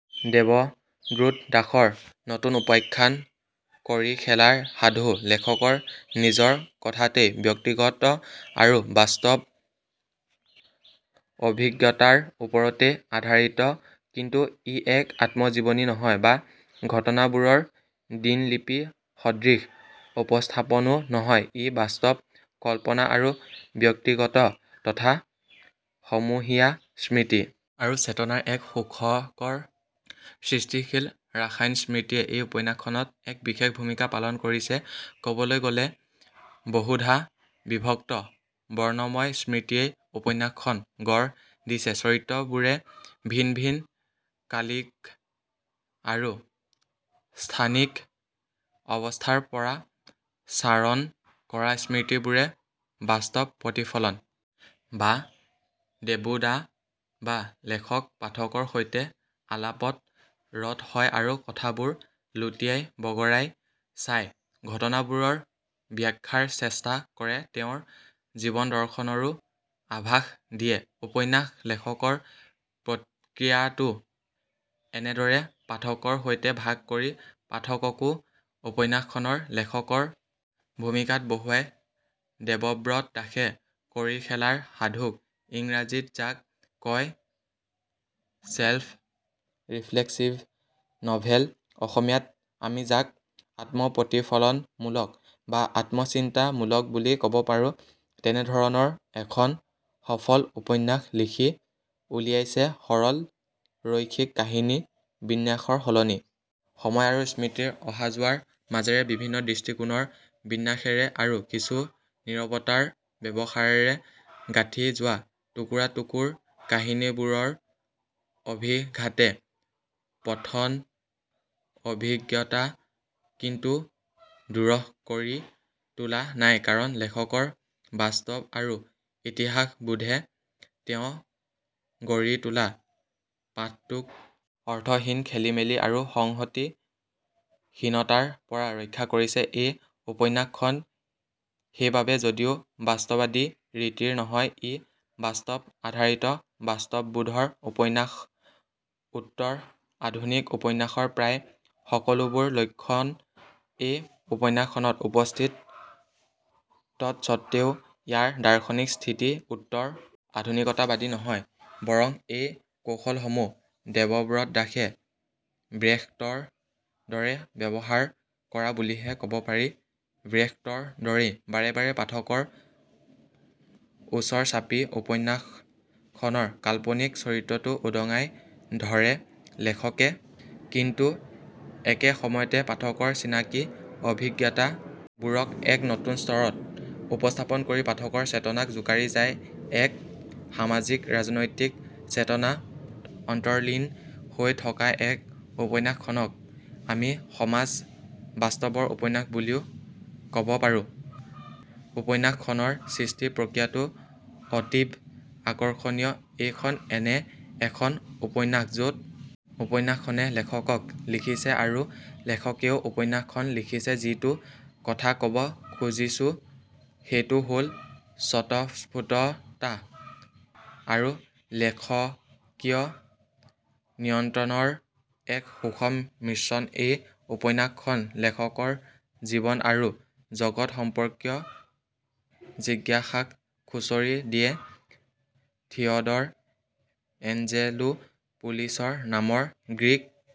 দেৱব্ৰত দাসৰ নতুন উপন্যাস কড়িখেলাৰ সাধু লেখকৰ নিজৰ কথাতেই ব্যক্তিগত আৰু বাস্তৱ অভিজ্ঞতাৰ ওপৰতেই আধাৰিতকিন্তু ই এক আত্মজীৱনী নহয় বা ঘটনাবোৰৰ দিনলিপি সদৃশ উপস্থাপনো নহয় ই বাস্তৱ কল্পনা আৰু ব্যক্তিগত তথা সমূহীয়া স্মৃতি আৰু চেতনাৰ এক সুখকৰ সৃষ্টিশীল ৰসায়নস্মৃতিয়ে এই উপন্যাসখনত এক বিশেষ ভূমিকা পালন কৰিছেকবলৈ গলে বহুধা বিভক্ত বৰ্ণময় স্মৃতিয়েই উপন্যাসখন গঢ় দিছেচৰিত্ৰবোৰে ভিন ভিন কালিক আৰু স্থানিক অৱস্থানৰ পৰা চাৰণ কৰা স্মৃতিবোৰে বাস্তৱ প্ৰতিফলন বা দেবু দা বা লেখকে পাঠকৰ সৈতে আলাপত ৰত হয় আৰু কথাবোৰ লুটিয়াই বগৰাই চায় ঘটনাবোৰৰ বাখ্যাৰ চেষ্টা কৰে তেওঁৰ জীৱনদৰ্শনৰো আভাষ দিয়েউপন্যাস লেখনৰ প্ৰক্ৰিয়াটো এনেদৰে পাঠকৰ সৈতে ভাগ কৰি পাঠককো উপন্যাসখনৰ লেখকৰ ভূমিকাত বহুৱাই দেৱব্ৰত দাসে কড়িখেলাৰ সাধুক ইংৰাজীত যাক কয় চেল্ফ ৰিফ্লেক্সিভ নভেল অসমীয়াত আমি যাক আত্মপ্ৰতিফলন মূলক বা আত্মচিন্তা মূলক বুলি কব পাৰোঁ তেনেধৰণৰ এখন সফল উপন্যাস লিখি উলিয়াইছেসৰল ৰৈখিক কাহিনী বিন্যাসৰ সলনি সময় আৰু স্মৃতিৰ অহাযোৱাৰ মাজেৰে বিভিন্ন দৃষ্টিকোণৰ বিন্যাসেৰে আৰু কিছু নিৰৱতাৰ ব্যৱহাৰেৰে গাঁঠি যোৱা টুকুৰাটুকুৰ কাহিনীবোৰৰ অভিঘাতে পঠন অভিজ্ঞতা কিন্তু দুৰূহ কৰি তোলা নাই কাৰণ লেখকৰ বাস্তৱ আৰু ইতিহাসবোধে তেওঁ গঢ়ি তোলা পাঠটোক অৰ্থহীন খেলিমেলি আৰু সংহতি হীনতাৰ পৰা ৰক্ষা কৰিছে এই উপন্যাসখন সেইবাবে যদিও বাস্তৱবাদী ৰীতিৰ নহয় ই বাস্তৱ আধাৰিত বাস্তৱবোধৰ উপন্যাসউত্তৰ আধুনিক উপন্যাসৰ প্ৰায় সকলোবোৰ লক্ষণ এই উপন্যাসখনত উপস্থিত তৎসত্বেও ইয়াৰ দাৰ্শনিক স্থিতি উত্তৰ আধুনিকতাবাদী নহয়বৰং এই কৌশলসমূহ দেৱব্ৰত দাসে ব্ৰেখটৰ দৰে ব্যৱহাৰ কৰা বুলিহে কব পাৰি ব্ৰেখটৰ দৰেই বাৰে বাৰে পাঠকৰ ওচৰ চাপি উপন্যাস খনৰ কাল্পনিক চৰিত্ৰটো উদঙাই ধৰে লেখকে কিন্তু একে সময়তে পাঠকৰ চিনাকি অভিজ্ঞতা বোৰক এক নতুন স্তৰত উপস্থাপন কৰি পাঠকৰ চেতনাক জোকাৰি যায়এক সামাজিকৰাজনৈতিক চেতনা অন্তৰ্লীন হৈ থকা এই উপন্যাসখনক আমি সমাজ বাস্তৱৰ উপন্যাস বুলিও কব পাৰোঁউপন্যাস খনৰ সৃষ্টি প্ৰক্ৰিয়াটো অতীব আকৰ্ষণীয়এইখন এনে এখন উপন্যাস যত উপন্যাসখনে লেখকক লিখিছে আৰু লেখকেও উপন্যাসখন লিখিছেযিটো কথা কব খুজিছো সেইটো হল স্বত:স্ফুৰ্ততা আৰু লেখকীয় নিয়ন্ত্ৰণৰ এক সুষম মিশ্ৰণ এই উপন্যাসখন লেখকৰ জীৱন আৰু জগত সম্পৰ্কীয় জিজ্ঞাসাক খুচৰি দিয়ে থিয়ডৰ এঞ্জেলোপুলিচৰ নামৰ গ্ৰীক